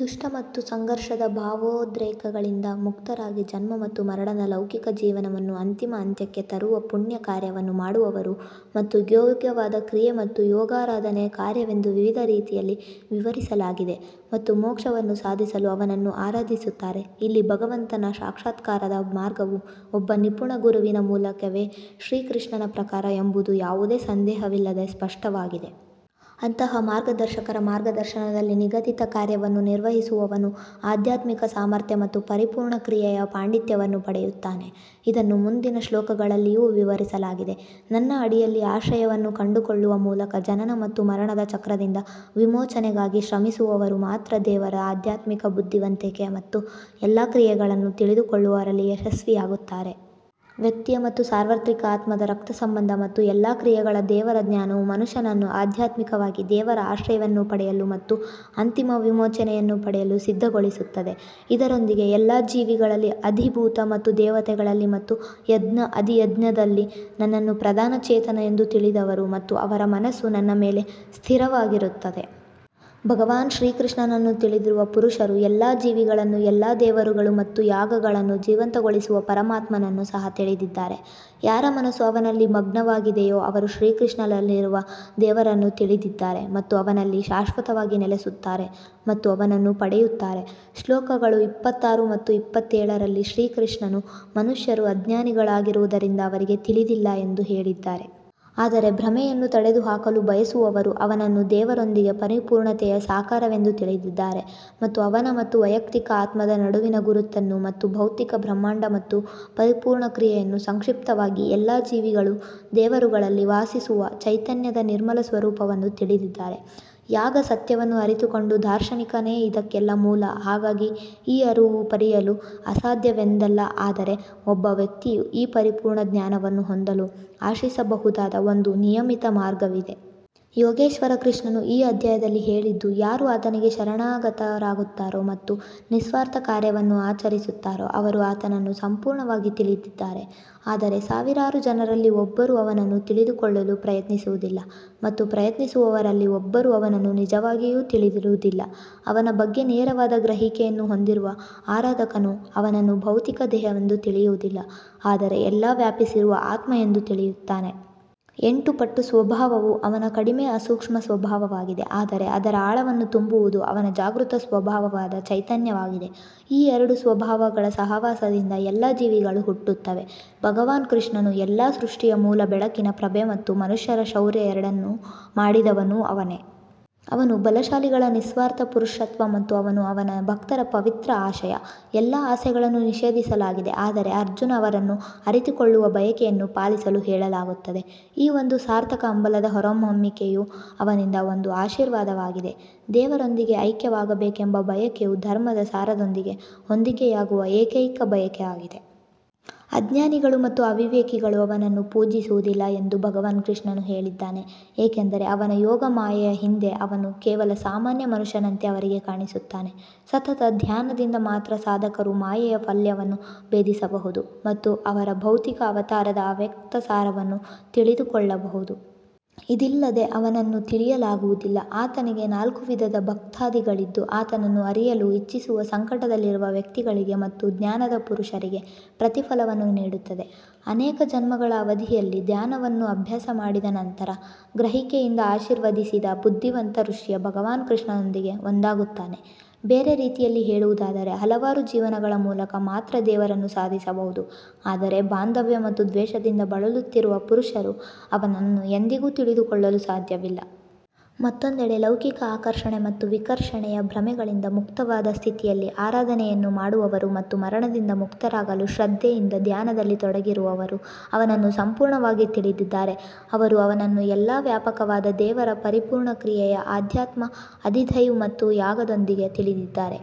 ದುಷ್ಟ ಮತ್ತು ಸಂಘರ್ಷದ ಭಾವೋದ್ರೇಕಗಳಿಂದ ಮುಕ್ತರಾಗಿ ಜನ್ಮ ಮತ್ತು ಮರಣದ ಲೌಕಿಕ ಜೀವನವನ್ನು ಅಂತಿಮ ಅಂತ್ಯಕ್ಕೆ ತರುವ ಪುಣ್ಯ ಕಾರ್ಯವನ್ನು ಮಾಡುವವರು ಮತ್ತು ಯೋಗ್ಯವಾದ ಕ್ರಿಯೆ ಮತ್ತು ಯಾಗಾರಾಧನೆಯ ಕಾರ್ಯವೆಂದು ವಿವಿಧ ರೀತಿಯಲ್ಲಿ ವಿವರಿಸಲಾಗಿದೆ ಮತ್ತು ಮೋಕ್ಷವನ್ನು ಸಾಧಿಸಲು ಅವನನ್ನು ಆರಾಧಿಸುತ್ತಾರೆ. ಇಲ್ಲಿ ಭಗವಂತನ ಸಾಕ್ಷಾತ್ಕಾರದ ಮಾರ್ಗವು ಒಬ್ಬ ನಿಪುಣ ಗುರುವಿನ ಮೂಲಕವೇ ಶ್ರೀಕೃಷ್ಣನ ಪ್ರಕಾರ ಎಂಬುದು ಯಾವುದೇ ಸಂದೇಹವಿಲ್ಲದೆ ಸ್ಪಷ್ಟವಾಗಿದೆ. ಅಂತಹ ಮಾರ್ಗದರ್ಶಕರ ಮಾರ್ಗದರ್ಶನದಲ್ಲಿ ನಿಗದಿತ ಕಾರ್ಯವನ್ನು ನಿರ್ವಹಿಸುವವನು ಆಧ್ಯಾತ್ಮಿಕ ಸಾಮರ್ಥ್ಯ ಮತ್ತು ಪರಿಪೂರ್ಣ ಕ್ರಿಯೆಯ ಪಾಂಡಿತ್ಯವನ್ನು ಪಡೆಯುತ್ತಾನೆ. ಇದನ್ನು ಮುಂದಿನ ಶ್ಲೋಕಗಳಲ್ಲಿಯೂ ವಿವರಿಸಲಾಗಿದೆ. ನನ್ನ ಅಡಿಯಲ್ಲಿ ಆಶ್ರಯವನ್ನು ಕಂಡುಕೊಳ್ಳುವ ಮೂಲಕ ಜನನ ಮತ್ತು ಮರಣದ ಚಕ್ರದಿಂದ ವಿಮೋಚನೆಗಾಗಿ ಶ್ರಮಿಸುವವರು ಮಾತ್ರ ದೇವರ ಆಧ್ಯಾತ್ಮಿಕ ಬುದ್ಧಿವಂತಿಕೆ ಮತ್ತು ಎಲ್ಲಾ ಕ್ರಿಯೆಗಳನ್ನು ತಿಳಿದುಕೊಳ್ಳುವಲ್ಲಿ ಯಶಸ್ವಿಯಾಗುತ್ತಾರೆ. ವ್ಯಕ್ತಿಯ ಮತ್ತು ಸಾರ್ವತ್ರಿಕ ಆತ್ಮದ ರಕ್ತಸಂಬಂಧ ಮತ್ತು ಎಲ್ಲಾ ಕ್ರಿಯೆಗಳ ದೇವರ ಜ್ಞಾನವು ಮನುಷ್ಯನನ್ನು ಆಧ್ಯಾತ್ಮಿಕವಾಗಿ ದೇವರ ಆಶ್ರಯವನ್ನು ಪಡೆಯಲು ಮತ್ತು ಅಂತಿಮ ವಿಮೋಚನೆಯನ್ನು ಪಡೆಯಲು ಸಿದ್ಧಗೊಳಿಸುತ್ತದೆ. ಇದರೊಂದಿಗೆ ಎಲ್ಲ ಜೀವಿಗಳಲ್ಲಿ ಅಧಿಭೂತ ಮತ್ತು ದೇವತೆಗಳಲ್ಲಿ ಮತ್ತು ಯಜ್ಞ ಅಧಿಯಜ್ಞದಲ್ಲಿ ನನ್ನನ್ನು ಪ್ರಧಾನ ಚೇತನ ಎಂದು ತಿಳಿದವರು ಮತ್ತು ಅವರ ಮನಸ್ಸು ನನ್ನ ಮೇಲೆ ಸ್ಥಿರವಾಗಿರುತ್ತದೆ. ಭಗವಾನ್ ಶ್ರೀಕೃಷ್ಣನನ್ನು ತಿಳಿದಿರುವ ಪುರುಷರು ಎಲ್ಲಾ ಜೀವಿಗಳನ್ನು ಎಲ್ಲಾ ದೇವರುಗಳು ಮತ್ತು ಯಾಗಗಳನ್ನು ಜೀವಂತಗೊಳಿಸುವ ಪರಮಾತ್ಮನನ್ನು ಸಹ ತಿಳಿದಿದ್ದಾರೆ. ಯಾರ ಮನಸ್ಸು ಅವನಲ್ಲಿ ಮಗ್ನವಾಗಿದೆಯೋ ಅವರು ಶ್ರೀಕೃಷ್ಣನಲ್ಲಿರುವ ದೇವರನ್ನು ತಿಳಿದಿದ್ದಾರೆ ಮತ್ತು ಅವನಲ್ಲಿ ಶಾಶ್ವತವಾಗಿ ನೆಲೆಸುತ್ತಾರೆ ಮತ್ತು ಅವನನ್ನು ಪಡೆಯುತ್ತಾರೆ. ಶ್ಲೋಕಗಳು ಇಪ್ಪತ್ತಾರು ಮತ್ತು ಇಪ್ಪತ್ತೇಳರಲ್ಲಿ ಶ್ರೀಕೃಷ್ಣನು ಮನುಷ್ಯರು ಅಜ್ಞಾನಿಗಳಾಗಿರುವುದರಿಂದ ಅವರಿಗೆ ತಿಳಿದಿಲ್ಲ ಎಂದು ಹೇಳಿದ್ದಾರೆ. ಆದರೆ ಭ್ರಮೆಯನ್ನು ತೊಡೆದುಹಾಕಲು ಬಯಸುವವರು ಅವನನ್ನು ದೇವರೊಂದಿಗೆ ಪರಿಪೂರ್ಣತೆಯ ಸಾಕಾರವೆಂದು ತಿಳಿದಿದ್ದಾರೆ ಮತ್ತು ಅವನ ಮತ್ತು ವೈಯಕ್ತಿಕ ಆತ್ಮದ ನಡುವಿನ ಗುರುತನ್ನು ಮತ್ತು ಭೌತಿಕ ಬ್ರಹ್ಮಾಂಡ ಮತ್ತು ಪರಿಪೂರ್ಣ ಕ್ರಿಯೆಯನ್ನು ಸಂಕ್ಷಿಪ್ತವಾಗಿ ಎಲ್ಲಾ ಜೀವಿಗಳು ದೇವರುಗಳಲ್ಲಿ ವಾಸಿಸುವ ಚೈತನ್ಯದ ನಿರ್ಮಲ ಸ್ವರೂಪವನ್ನು ತಿಳಿದಿದ್ದಾರೆ. ಯಾಗ ಸತ್ಯವನ್ನು ಅರಿತುಕೊಂಡ ದಾರ್ಶನಿಕನೇ ಇದಕ್ಕೆಲ್ಲ ಮೂಲ ಹಾಗಾಗಿ ಈ ಅರಿವು ಪಡೆಯಲು ಅಸಾಧ್ಯವೆಂದಲ್ಲ ಆದರೆ ಒಬ್ಬ ವ್ಯಕ್ತಿಯು ಈ ಪರಿಪೂರ್ಣ ಜ್ಞಾನವನ್ನು ಹೊಂದಲು ಆಶಿಸಬಹುದಾದ ಒಂದು ನಿಯಮಿತ ಮಾರ್ಗವಿದೆ. ಯೋಗೇಶ್ವರ ಕೃಷ್ಣನು ಈ ಅಧ್ಯಾಯದಲ್ಲಿ ಹೇಳಿದ್ದು ಯಾರು ಆತನಿಗೆ ಶರಣಾಗತರಾಗುತ್ತಾರೋ ಮತ್ತು ನಿಸ್ವಾರ್ಥ ಕಾರ್ಯವನ್ನು ಆಚರಿಸುತ್ತಾರೋ ಅವರು ಆತನನ್ನು ಸಂಪೂರ್ಣವಾಗಿ ತಿಳಿದಿದ್ದಾರೆ. ಆದರೆ ಸಾವಿರಾರು ಜನರಲ್ಲಿ ಒಬ್ಬರು ಅವನನ್ನು ತಿಳಿದುಕೊಳ್ಳಲು ಪ್ರಯತ್ನಿಸುವುದಿಲ್ಲ ಮತ್ತು ಪ್ರಯತ್ನಿಸುವವರಲ್ಲಿ ಒಬ್ಬರು ಅವನನ್ನು ನಿಜವಾಗಿಯೂ ತಿಳಿದಿರುವುದಿಲ್ಲ. ಅವನ ಬಗ್ಗೆ ನೇರವಾದ ಗ್ರಹಿಕೆಯನ್ನು ಹೊಂದಿರುವ ಆರಾಧಕನು ಅವನನ್ನು ಭೌತಿಕ ದೇಹವೆಂದು ತಿಳಿಯುವುದಿಲ್ಲ ಆದರೆ ಎಲ್ಲಾ ವ್ಯಾಪಿಸಿರುವ ಆತ್ಮ ಎಂದು ತಿಳಿಯುತ್ತಾನೆ. ಎಂಟು ಪಟ್ಟು ಸ್ವಭಾವವು ಅವನ ಕಡಿಮೆ ಅಸೂಕ್ಷ್ಮ ಸ್ವಭಾವವಾಗಿದೆ ಆದರೆ ಅದರ ಆಳವನ್ನು ತುಂಬುವುದು ಅವನ ಜಾಗೃತ ಸ್ವಭಾವವಾದ ಚೈತನ್ಯವಾಗಿದೆ. ಈ ಎರಡು ಸ್ವಭಾವಗಳ ಸಹವಾಸದಿಂದ ಎಲ್ಲ ಜೀವಿಗಳೂ ಹುಟ್ಟುತ್ತವೆ. ಭಗವಾನ್ ಕೃಷ್ಣನು ಎಲ್ಲಾ ಸೃಷ್ಟಿಯ ಮೂಲ ಬೆಳಕಿನ ಪ್ರಭೆ ಮತ್ತು ಮನುಷ್ಯರ ಶೌರ್ಯ ಎರಡನ್ನೂ ಮಾಡಿದವನು ಅವನೇ. ಅವನು ಬಲಶಾಲಿಗಳ ನಿಸ್ವಾರ್ಥ ಪುರುಷತ್ವ ಮತ್ತು ಅವನೂ ಅವನ ಭಕ್ತರ ಪವಿತ್ರ ಆಶಯ. ಎಲ್ಲಾ ಆಸೆಗಳನ್ನು ನಿಷೇಧಿಸಲಾಗಿದೆ ಆದರೆ ಅರ್ಜುನ ಅವರನ್ನು ಅರಿತುಕೊಳ್ಳುವ ಬಯಕೆಯನ್ನು ಪಾಲಿಸಲು ಹೇಳಲಾಗುತ್ತದೆ. ಈ ಒಂದು ಸಾರ್ಥಕ ಹಂಬಲದ ಹೊರಹೊಮ್ಮುವಿಕೆಯೂ ಅವನಿಂದ ಒಂದು ಆಶೀರ್ವಾದವಾಗಿದೆ. ದೇವರೊಂದಿಗೆ ಐಕ್ಯವಾಗಬೇಕೆಂಬ ಬಯಕೆಯು ಧರ್ಮದ ಸಾರದೊಂದಿಗೆ ಹೊಂದಿಕೆಯಾಗುವ ಏಕೈಕ ಬಯಕೆಯಾಗಿದೆ. ಅಜ್ಞಾನಿಗಳು ಮತ್ತು ಅವಿವೇಕಿಗಳು ಅವನನ್ನು ಪೂಜಿಸುವುದಿಲ್ಲ ಎಂದು ಭಗವಾನ್ ಕೃಷ್ಣನು ಹೇಳಿದ್ದಾನೆ ಏಕೆಂದರೆ ಅವನ ಯೋಗ ಮಾಯೆಯ ಹಿಂದೆ ಅವನು ಕೇವಲ ಸಾಮಾನ್ಯ ಮನುಷ್ಯನಂತೆ ಅವರಿಗೆ ಕಾಣಿಸುತ್ತಾನೆ. ಸತತ ಧ್ಯಾನದಿಂದ ಮಾತ್ರ ಸಾಧಕರು ಮಾಯೆಯ ಪಲ್ಯವನ್ನು ಭೇದಿಸಬಹುದು ಮತ್ತು ಅವರ ಭೌತಿಕ ಅವತಾರದ ಅವ್ಯಕ್ತ ಸಾರವನ್ನು ತಿಳಿದುಕೊಳ್ಳಬಹುದು. ಇದಿಲ್ಲದೆ ಅವನನ್ನು ತಿಳಿಯಲಾಗುವುದಿಲ್ಲ. ಆತನಿಗೆ ನಾಲ್ಕು ವಿಧದ ಭಕ್ತಾದಿಗಳಿದ್ದು ಆತನನ್ನು ಅರಿಯಲು ಇಚ್ಛಿಸುವ ಸಂಕಟದಲ್ಲಿರುವ ವ್ಯಕ್ತಿಗಳಿಗೆ ಮತ್ತು ಜ್ಞಾನದ ಪುರುಷರಿಗೆ ಪ್ರತಿಫಲವನ್ನು ನೀಡುತ್ತದೆ. ಅನೇಕ ಜನ್ಮಗಳ ಅವಧಿಯಲ್ಲಿ ಧ್ಯಾನವನ್ನು ಅಭ್ಯಾಸ ಮಾಡಿದ ನಂತರ ಗ್ರಹಿಕೆಯಿಂದ ಆಶೀರ್ವದಿಸಿದ ಬುದ್ಧಿವಂತ ಋಷಿಯು ಭಗವಾನ್ ಕೃಷ್ಣನೊಂದಿಗೆ ಒಂದಾಗುತ್ತಾನೆ. ಬೇರೆ ರೀತಿಯಲ್ಲಿ ಹೇಳುವುದಾದರೆ ಹಲವಾರು ಜೀವನಗಳ ಮೂಲಕ ಮಾತ್ರ ದೇವರನ್ನು ಸಾಧಿಸಬಹುದು ಆದರೆ ಬಾಂಧವ್ಯ ಮತ್ತು ದ್ವೇಷದಿಂದ ಬಳಲುತ್ತಿರುವ ಪುರುಷರು ಅವನನ್ನು ಎಂದಿಗೂ ತಿಳಿದುಕೊಳ್ಳಲು ಸಾಧ್ಯವಿಲ್ಲ. ಮತ್ತೊಂದೆಡೆ ಲೌಕಿಕ ಆಕರ್ಷಣೆ ಮತ್ತು ವಿಕರ್ಷಣೆಯ ಭ್ರಮೆಗಳಿಂದ ಮುಕ್ತವಾದ ಸ್ಥಿತಿಯಲ್ಲಿ ಆರಾಧನೆಯನ್ನು ಮಾಡುವವರು ಮತ್ತು ಮರಣದಿಂದ ಮುಕ್ತರಾಗಲು ಶ್ರದ್ಧೆಯಿಂದ ಧ್ಯಾನದಲ್ಲಿ ತೊಡಗಿರುವವರು ಅವನನ್ನು ಸಂಪೂರ್ಣವಾಗಿ ತಿಳಿದಿದ್ದಾರೆ. ಅವರು ಅವನನ್ನು ಎಲ್ಲಾ ವ್ಯಾಪಕವಾದ ದೇವರ ಪರಿಪೂರ್ಣ ಕ್ರಿಯೆಯ ಅಧ್ಯಾತ್ಮ ಅಧಿದೈವ್ ಮತ್ತು ಯಾಗದೊಂದಿಗೆ ತಿಳಿದಿದ್ದಾರೆ.